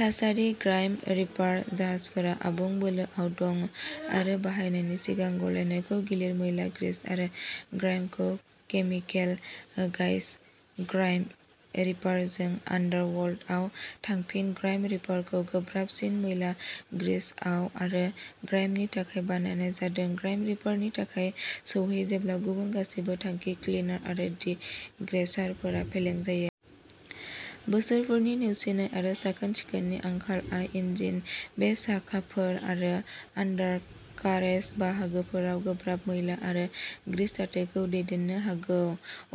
थासारि ग्राइम रिपार जाहाजफोरा आबुं बोलोआव दं आरो बाहायनायनि सिगां गलायनांगौ गिलिर मैला ग्रीस आरो ग्राइमखौ केमिकेल गाइज ग्राइम रिपारजों आन्डारवर्ल्डआव थांफिन ग्राइम रिपारखौ गोब्राबसिन मैला ग्रीस थाव आरो ग्राइमनि थाखाय बानायनाय जादों ग्राइम रिपारनि थाखाय सौहै जेब्ला गुबुन गासैबो थांखि क्लिनार आरो डिग्रेसारफोरा फेलें जायो। बोसोरफोरनि नेवसिनाय आरो साखोन सिखोननि आंखालआ इन्जिन बे साखाफोर आरो आन्डारकारेज बाहागोफोराव गोब्राब मैला आरो ग्रीस दाथायखौ दैदेननो हागौ।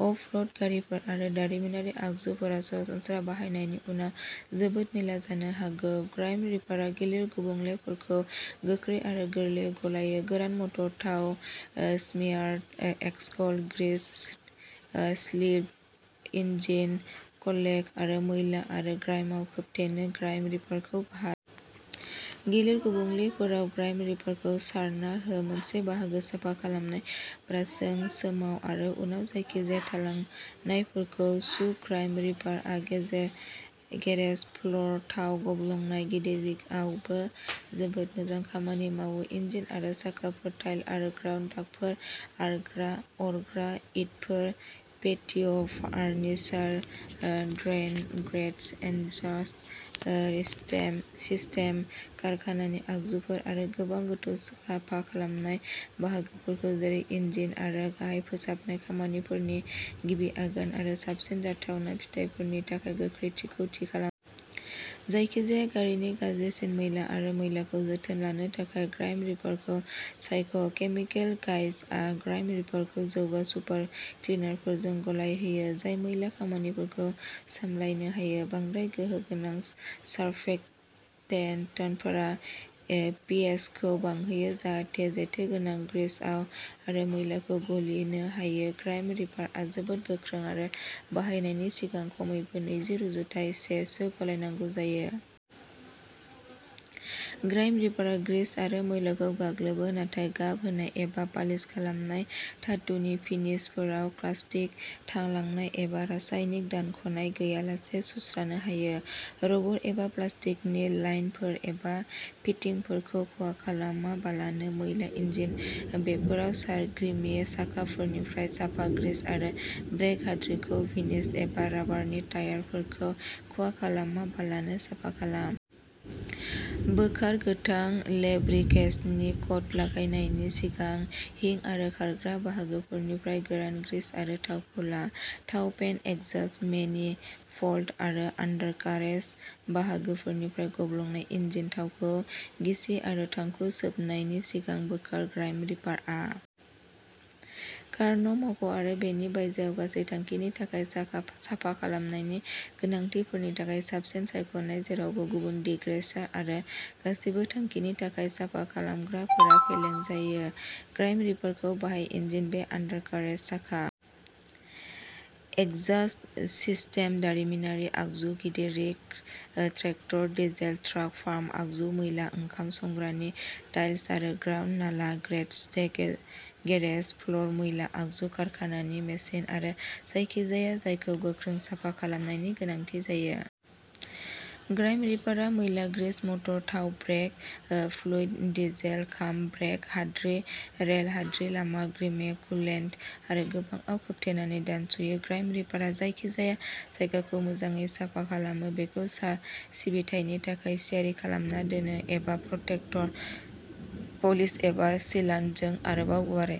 अफ र'ड गारिफोर आरो दारिमिनारि आगजुफोरा सरासनस्रा बाहायनायनि उनाव जोबोद मैला जानो हागौ। ग्राइम रिपारआ गिलिर गुबुंलेफोरखौ गोख्रै आरो गोरलैयै गलायो गोरान मटर थाव smeared axle grease spilled engine coolant आरो मैला आरो ग्राइमाव खोबथेनो ग्राइम रिपारखौ बाहाय। गिलिर गुबुंलेफोराव ग्राइम रिपारखौ सारना हो मोनसे बाहागो साफा खालामनाय ब्रासजों सोमाव आरो उनाव जायखिजाया थालांनायफोरखौ सु ग्राइम रिपारआ गेरेज फ्ल'र थाव गब्लंनाय गिदिर रिगआवबो जोबोद मोजां खामानि मावो इन्जिन आरो साखाफोर टाइल आरो ग्राउट दागफोर अरग्रा इटफोर पेटिय'फार्निसार ड्रेइन ग्रेट्स एग्जास्ट सिस्टेम कारखानानि आगजुफोर आरो गोबां गोथौ साफा खालामनाय बाहागोफोर जेरै इन्जिन बेफोर गाहाय फोसाबनाय खामानिफोरनि गिबि आगान आरो साबसिन जाथावना फिथायफोरनि थाखाय गोख्रैथिखौ थि खालामो। जायखिजाया गारिनि गाज्रिसिन मैला आरो मैलाखौ जोथोन लानो थाखाय ग्राइम रिपारखौ सायख' केमिकेल गाइजआ ग्राइम रिपारखौ जौगा सुपार क्लिनारफोरजों गलायहोयो जाय मैला खामानिफोरखौ सामलायनो हायो बांद्राय गोहो गोनां सार्फेक्टेन्टफोरा पिएचखौ बांहोयो जाहाथे जेथोगोनां ग्रीस थाव आरो मैलाखौ गलिनो हायो ग्राइम रिपारआ जोबोद गोख्रों आरो बाहायनायनि सिगां खमैबो नैजि रुजुथाइ से सो गलायनांगौ जायो। ग्राइम रिपारआ ग्रीस आरो मैलाखौ गाग्लोबो नाथाय गाब होनाय एबा पालिश खालामनाय धातुनि फिनिशफोराव कास्टिक थालांनाय एबा रासायनिक दानख'नाय गैयालासे सुस्रानो हायो रबर एबा प्लास्टिकनि लाइनफोर एबा फिटिंफोरखौ खहा खालामालाबानो मैला इन्जिन बेफोराव सार ग्रिमि साखाफोरनिफ्राय साफा ग्रीस आरो ब्रेक हाद्रिखौ फिनिश एबा राबारनि टायारफोरखौ खहा खालामालाबानो साफा खालाम। बोखार गोथां लेब्रिकेशननि कट लागायनायनि सिगां हिंग आरो खारग्रा बाहागोफोरनिफ्राय गोरान ग्रीस आरो थावखौ ला थाव पेन एग्जास्ट मैनिफोल्ड आरो आन्डारकारेज बाहागोफोरनिफ्राय गब्लंनाय इन्जिन थावखौ गिसि आरो थांखु सोबनायनि सिगां बोखार ग्राइम रिपारआ कार न मावख' आरो बेनि बायजोआव गासै थांखिनि थाखाय साफा खालामनायनि गोनांथिफोरनि थाखाय साबसिन सायख'नाय जेरावबो गुबुन डिग्रेसार आरो गासिबो थांखिनि थाखाय साफा खालामग्राफोरा फेलें जायो ग्राइम रिपारखौ बाहाय इन्जिन बे आन्डारकारेज साखा एग्जास्ट सिस्टेम दारिमिनारि आगजु गिदिर rig tractor diesel truck farm आगजु मैला ओंखाम संग्रानि टाइल आरो ग्राउट नाला ग्रेट्स गेरेज फ्ल'र मैला आगजु कारखानानि मेसिन आरो जायखिजाया जायखौ गोख्रों साफा खालामनायनि गोनांथि जायो ग्राइम रिपारआ मैला ग्रीस मटर थाव ब्रेक फ्लुइड डिजेल खाम ब्रेक हाद्रि रेल हाद्रि लामा ग्रिमे कुलेन्ट आरो गोबांआव खोबथेनानै दानस'यो ग्राइम रिपारआ जायखिजाया जायगाखौ मोजाङै साफा खालामो बेखौ सिबिथायनि थाखाय थियारि खालामना दोनो एबा प्रटेक्टेन्ट पलिश एबा सिलान्टजों आरोबाव गुवारै